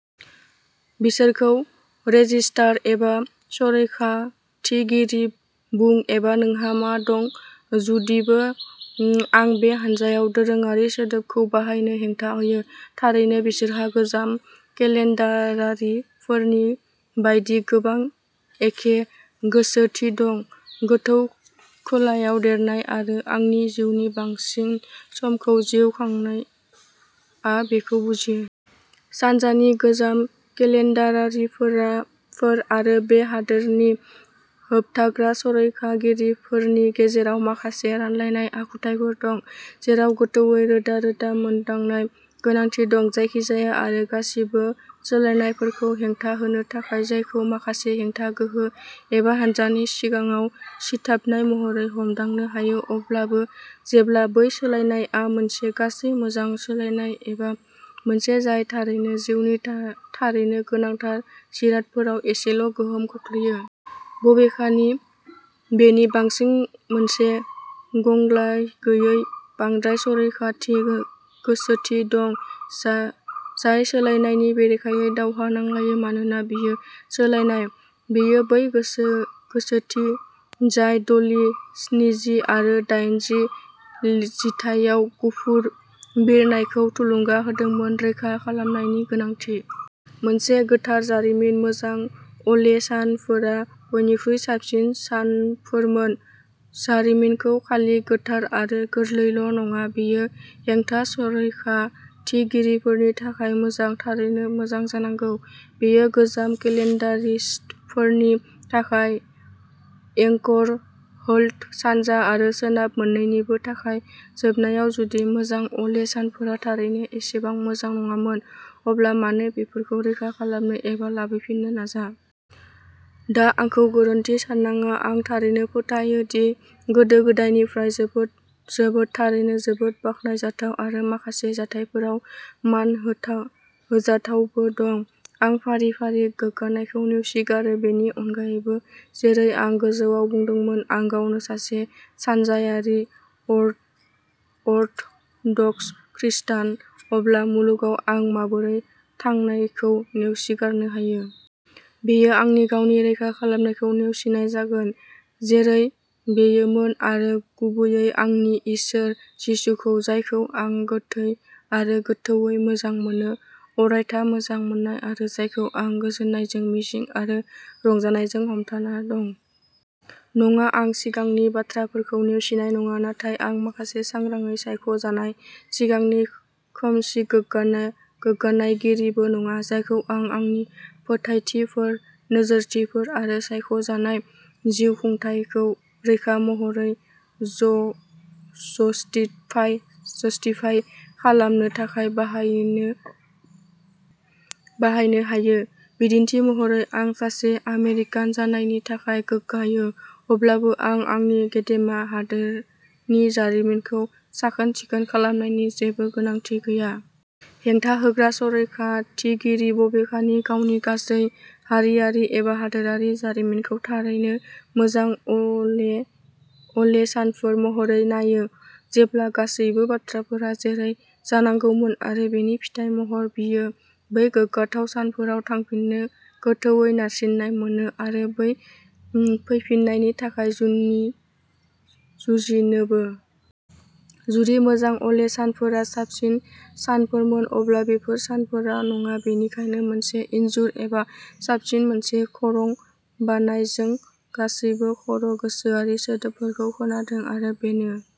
बिसोरखौ "रेजिस्टार" एबा "संरैखाथिगिरि" बुं एबा नोंहा मा दं जुदिबो आं बे हान्जायाव "दोरोङारि" सोदोबखौ बाहायनो हेंथा होयो। थारैनो बिसोरहा गोजाम केलेन्डारारिफोरनि बायदि गोबां एखे गोसोथि दं। गोथौ खोलायाव देरनाय आरो आंनि जिउनि बांसिन समखौ जिउ खांनाय आं बेखौ बुजियो। सानजानि गोजाम केलेन्डारारिफोर आरो बे हादोरनि होबथाग्रा संरैखाथिगिरिफोरनि गेजेराव माखासे रानलायनाय आखुथायफोर दं जेराव गोथौवै रोदा-रोदा मोनदांनाय-गोनांथि दं जायखिजाया आरो गासिबो सोलायनायफोरखौ हेंथा होनो थाखाय जायखौ माखासे हेंथा गोहो एबा हान्जानि सिगाङाव सिथाबनाय महरै हमदांनो हायो अब्लाबो जेब्ला बै सोलायनायआ मोनसे गासै मोजां सोलायनाय एबा मोनसे जाय थारैनो जिउनि थारैनो गोनांथार जिरादफोराव एसेल' गोहोम खोख्लैयो। बबेखानि बेनि बांसिन मोनसे गलायगैयै बांद्राय-संरैखाथि गोसोथि दं जाय सोलायनायनि बेरेखायै दावहा नांलायो मानोना बेयो सोलायनाय। बेयो बै गोसो गोसोथि जाय दजि, स्निजि आरो डाइनजि जिथाइयाव "गुफुर बिरनाय" खौ थुलुंगा होदोंमोन। रैखा खालामनायनि गोनांथि। मोनसे गोथार जारिमिन। मोजां अले सानफोरा बयनिख्रुइ साबसिन सानफोरमोन। जारिमिनखौ खालि गोथार आरो गोरलैल' नङा बेयो हेंथा-संरैखाथिगिरिफोरनि थाखाय मोजां थारैनो मोजां जानांगौ। बेयो गोजाम केलेन्डारिस्टफोरनि थाखाय एंकर-होल्ड सानजा आरो सोनाब मोन्नैनिबो थाखाय जोबनायाव जुदि मोजां अले सानफोरा थारैनो एसेबां मोजां नङामोन अब्ला मानो बेफोरखौ रैखा खालामनो एबा लाबोफिननो नाजा? दा आंखौ गोरोन्थि साननाङा। आं थारैनो फोथायो दि गोदो-गोदायनिफ्राय जोबोद जोबोद थारैनो जोबोद बाखनायजाथाव आरो माखासे जाथायफोराव मान होथाव होजाथावबो दं। आं फारिआरि गोग्गानायखौ नेवसिगारो बेनि अनगायैबो जेरै आं गोजौआव बुंदोंमोन आं गावनो सासे सानजायारि अथ अर्थ'डक्स खृस्टान अब्ला मुलुगाव आं माबोरै थांनायखौ नेवसिगारनो हायो? बेयो आंनि गावनि रैखा खालामनायखौ नेवसिनाय जागोन जेरै बेयोमोन आरो गुबैयै आंनि इसोर जिसुखौ जायखौ आं गोथौ आरो गोथौवै मोजां मोनो। अरायथा मोजां मोननाय आरो जायखौ आं गोजोननायजों मिजिं आरो रंजानायजों हमथाना दं। नङा, आं सिगांनि बाथ्राफोरखौ नेवसिनाय नङा नाथाय आं माखासे सांग्राङै सायख'जानाय सिगांनि खोमसि गोग्गानायगिरिबो नङा जायखौ आं आंनि फोथायथिफोर नोजोरथिफोर आरो सायख' जानाय जिउखुंथायखौ रोखा महरै ज-जस्टि जस्टिफाइ खालामनो थाखाय बाहायनो बाहायनो हायो। बिदिन्थि महरै आं सासे आमेरिकान जानायनि थाखाय गोग्गायो अब्लाबो आं आंनि गेदेमा हादोरनि जारिमिनखौ "साखोन-सिखोन" खालामनायनि जेबो गोनांथि गैया। हेंथा होग्रा-संरैखाथिगिरि बबेखानि गावनि गासै हारियारि एबा हादोरारि जारिमिनखौ थारैनो "मोजां अले अ'ले सानफोर" महरै नायो जेब्ला गासैबो बाथ्राफोरा जेरै जानांगौमोन आरो बेनि फिथाइ महरै बियो बै गोग्गाथाव सानफोराव थांफिननो गोथौवै नारसिननाय मोनो आरो बै फैफिन्नायनि थाखाय जुनि जुजिनोबो। जुदि मोजां अले सानफोरा साबसिन सानफोरमोन अब्ला बेफोर सानफोरा नङा। बेनिखायनो मोनसे इनजुर एबा साबसिन मोनसे खरं बानाय। जों गासैबो "खरं गोसोआरि" सोदोबखौ खोनादों आरो बेनो।